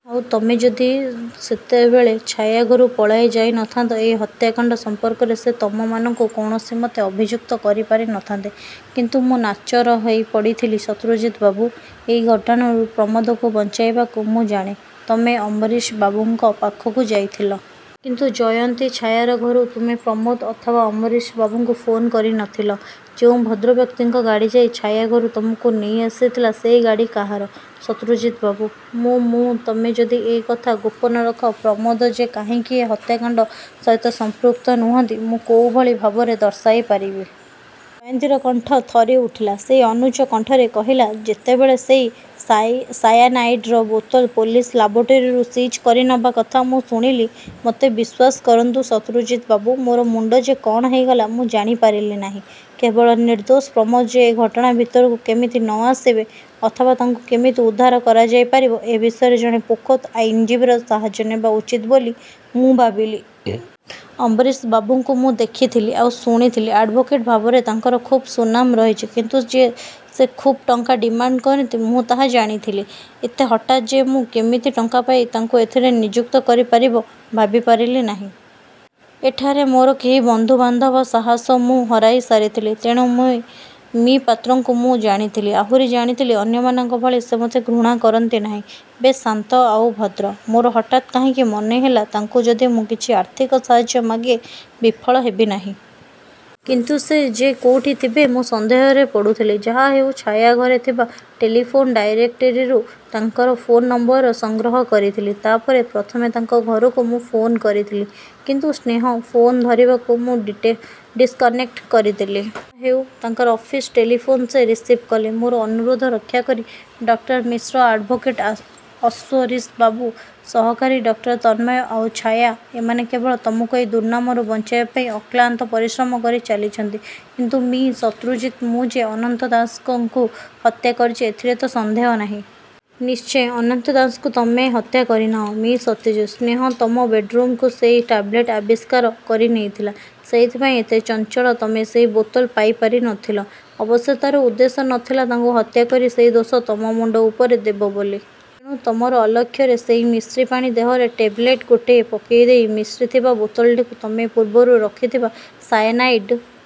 ଆଉ ତମେ ଯଦି ସେତେବଳେ ଛାୟାଘରୁ ପଳାଇ ଯାଇ ନ ଥାନ୍ତ ଏଇ ହତ୍ୟାକଣ୍ତ ସଂପର୍କରେ ସେ ତମମାନଙ୍କୁ କୌଣସି ମତେ ଅଭିଯୁକ୍ତ କରିପାରି ନ ଥାନ୍ତେ। ' 'କିନ୍ତୁ ମୁଁ ନାଚର ହେଇପଡ଼ିଥିଲି ଶତ୍ରୁଜିତ ବାବୁ! ଏଇ ଘଟଣାରୁ ପ୍ରମୋଦଙ୍କୁ ବଞ୍ଚାଇବାକୁ ମୁଁ 'ଜାଣେ, ତମେ ଅମ୍ବରୀଶବାବୁଙ୍କ ପାଖକୁ ଯାଇଥିଳ। କିନ୍ତୁ ଜୟନ୍ତୀ, ଛାୟାର ଘରୁ ତମେ ପ୍ରମୋଦ ଅଥବା ଅମ୍ବରୀଶବାବୁଙ୍କୁ ଫୋନ କରି ନଥିଲ। ଯୋଉ ଭଦ୍ରବ୍ୟକ୍ତିଙ୍କ ଗାଡ଼ି ଯାଇ ଛାୟା ଘରୁ ତମକୁ ନେଇଆସିଥିଲା ସେଇ ଗାଡ଼ି କାହାର? ' 'ଶତ୍ରୁଜିତବାବୁ! ମୁଁ ମୁଁ ତମେ ଯଦି ଏଇ କଥା ଗୋପନ ରଖ, ପ୍ରମୋଦ ଯେ କାହିଁକି ଏ ହତ୍ୟାକାଣ୍ଡ ସହିତ ସମ୍ପୃକ୍ତ ନୁହନ୍ତି, ମୁଁ କୋଉଭଳି ଭାବରେ ଦର୍ଶାଇପାରିବି? ଜୟନ୍ତୀର କଣ୍ଠ ଥରିଉଠିଲା। ସେ ଅନୁଚ୍ଚ କଣ୍ଠରେ କହିଲା, 'ଯେତେବେଳେ ସେଇ ସାୟାନାଇଡ଼୍ର ବୋତଲ ପୋଲିସ ଲେବୋରେଟରୀରୁ ସିଜ କରିନେବା କଥା ମୁଁ ଶୁଣିଲି ମୋତେ ବିଶ୍ୱାସ କରନ୍ତୁ ଶତ୍ରୁଜିତ ବାବୁ ମୋର ମୁଣ୍ତ ଯେ କ'ଣ ହୋଇଗଲା ମୁଁ ଜାଣିପାରିଲି ନାହିଁ। କେବଳ ନିର୍ଦ୍ଦୋଷ ପ୍ରମୋଦ ଯେ ଏ ଘଟଣା ଭିତରକୁ କେମିତି ନ ଆସିବେ, ଅଥବା ତାଙ୍କୁ କେମିତି ଉଦ୍ଧାର କରାଯାଇପାରିବ ଏ ବିଷୟରେ ଜଣେ ପୋଖତ ଆଇନଜୀବୀର ସାହାଯ୍ୟ ନେବା ଉଚିତ ବୋଲି ମୁଁ ଭାବିଲି। ଅମ୍ବରୀଶବାବୁଙ୍କୁ ମୁଁ ଦେଖିଥିଲି। ଆଉ ଶୁଣିଥିଲି, ଆଡ଼୍ଭୋକେଟ ଭାବରେ ତାଙ୍କର ଖୁବ୍ ସୁନାମ ରହିଛି। କିନ୍ତୁ ସେ ଯେ ଖୁବ୍ ଟଙ୍କା ଡିମାଣ୍ତ କରନ୍ତି ମୁଁ ତାହା ଜାଣିଥିଲି। ଏତେ ହଠାତ୍ ଯେ ମୁଁ କେମିତି ଟଙ୍କା ପାଇ ତାଙ୍କୁ ଏଥିରେ ନିଯୁକ୍ତ କରିପାରିବ ଭାବିପାରିଲି ନାହିଁ। ଏଠାରେ ମୋର କେହି ବନ୍ଧୁ ବାନ୍ଧବ ସାହସ ମୁଁ ହରାଇ ସାରିଥିଲି। ' 'ତେଣୁ' 'ମି: ପାତ୍ରଙ୍କୁ ମୁଁ ଜାଣିଥିଲି। ଆହୁରି ଜାଣିଥିଲି, ଅନ୍ୟମାନଙ୍କ ଭଳି ସେ ମୋତେ ଘୃଣା କରନ୍ତି ନାହିଁ। ବେଶ୍ ଶାନ୍ତ ଆଉ ଭଦ୍ର। ମୋର ହଠାତ୍ କାହିଁକି ମନେ ହେଲା, ତାଙ୍କୁ ଯଦି ମୁଁ କିଛି ଆର୍ଥିକ ସାହାଯ୍ୟ ମାଗେ, ବିଫଳ ହେବି ନାହିଁ। କିନ୍ତୁ ସେ ଯେ କୋଉଠି ଥିବେ ମୁଁ ସନ୍ଦେହରେ ପଡ଼ୁଥିଲି। ଯାହାହେଉ ଛାୟା ଘରେ ଥିବା ଟେଲିଫୋନ ଡାଇରେକ୍ଟରିରୁ ତାଙ୍କର ଫୋନ୍ ନମ୍ବର ସଂଗ୍ରହ କରିଥିଲି। ' 'ତା ପରେ? ' 'ପ୍ରଥମେ ତାଙ୍କ ଘରକୁ ମୁଁ ଫୋନ୍ କରିଥିଲି। କିନ୍ତୁ ସ୍ନେହ ଫୋନ୍ ଧରିବାକୁ ମୁଁ ଡିସକନେକ୍ଟ କରିଦେଲି। ଯାହାହେଉ ତାଙ୍କର ଅଫିସ ଟେଲିଫୋନ ସେ ରିସିଭ୍ କଲେ। ମୋର ଅନୁରୋଧ ରକ୍ଷା କରି। ଡ: ମିଶ୍ର ଆଡ଼୍ଭୋକେଟ ଅଶ୍ୱରୀଶବାବୁ, ସହକାରୀ ଡ:ତନ୍ମୟ ଆଉ ଛାୟା–ଏମାନେ କେବଳ ତମକୁ ଏଇ ଦୁର୍ନାମରୁ ବଞ୍ଚାଇବାପାଇଁ ଅକ୍ଲାନ୍ତ ପରିଶ୍ରମ କରି ଚାଲିଛନ୍ତି। ' 'କିନ୍ତୁ ମି: ଶତ୍ରୁଜିତ, ମୁଁ ଯେ ଅନନ୍ତ ଦାସଙ୍କକୁ ହତ୍ୟା କରିଛି ଏଥିରେ ତ ସନ୍ଦେହ ନାହିଁ। 'ନିଶ୍ଚୟ, ଅନନ୍ତ ଦାସଙ୍କୁ ତମେ ହତ୍ୟା କରିନାହଁ'। 'ମି: ଶତ୍ରୁଜିତ! ' 'ସ୍ନେହ ତମ ବେଡ଼୍ରୁମ୍ରୁ ସେଇ ଟାବଲେଟ୍ ଆବିଷ୍କାର କରିନେଇଥିଲା। ସେଇଥିପାଇଁ ଏତେ ଚଞ୍ଚଳ ତମେ ସେଇ ବୋତଲ ପାଇ ପାରି ନ ଥିଲ। ଅବଶ୍ୟ ତାର ଉଦ୍ଦେଶ୍ୟ ନ ଥିଲା ତାଙ୍କୁ ହତ୍ୟା କରି ସେଇ ଦୋଷ ତମ ମୁଣ୍ତ ଉପରେ ଦେବ ବୋଲି। ତେଣୁ ତମର ଅଲକ୍ଷ୍ୟରେ ସେଇ ମିଶ୍ରିପାଣି ଦେହରେ ଟେବଲେଟ୍ ଗୋଟାଏ ପକାଇଦେଇ ମିଶ୍ରି ଥିବା ବୋତଲଟିକୁ ତମେ ପୂର୍ବରୁ ରଖିଥିବା ସାୟାନାଇଡ଼୍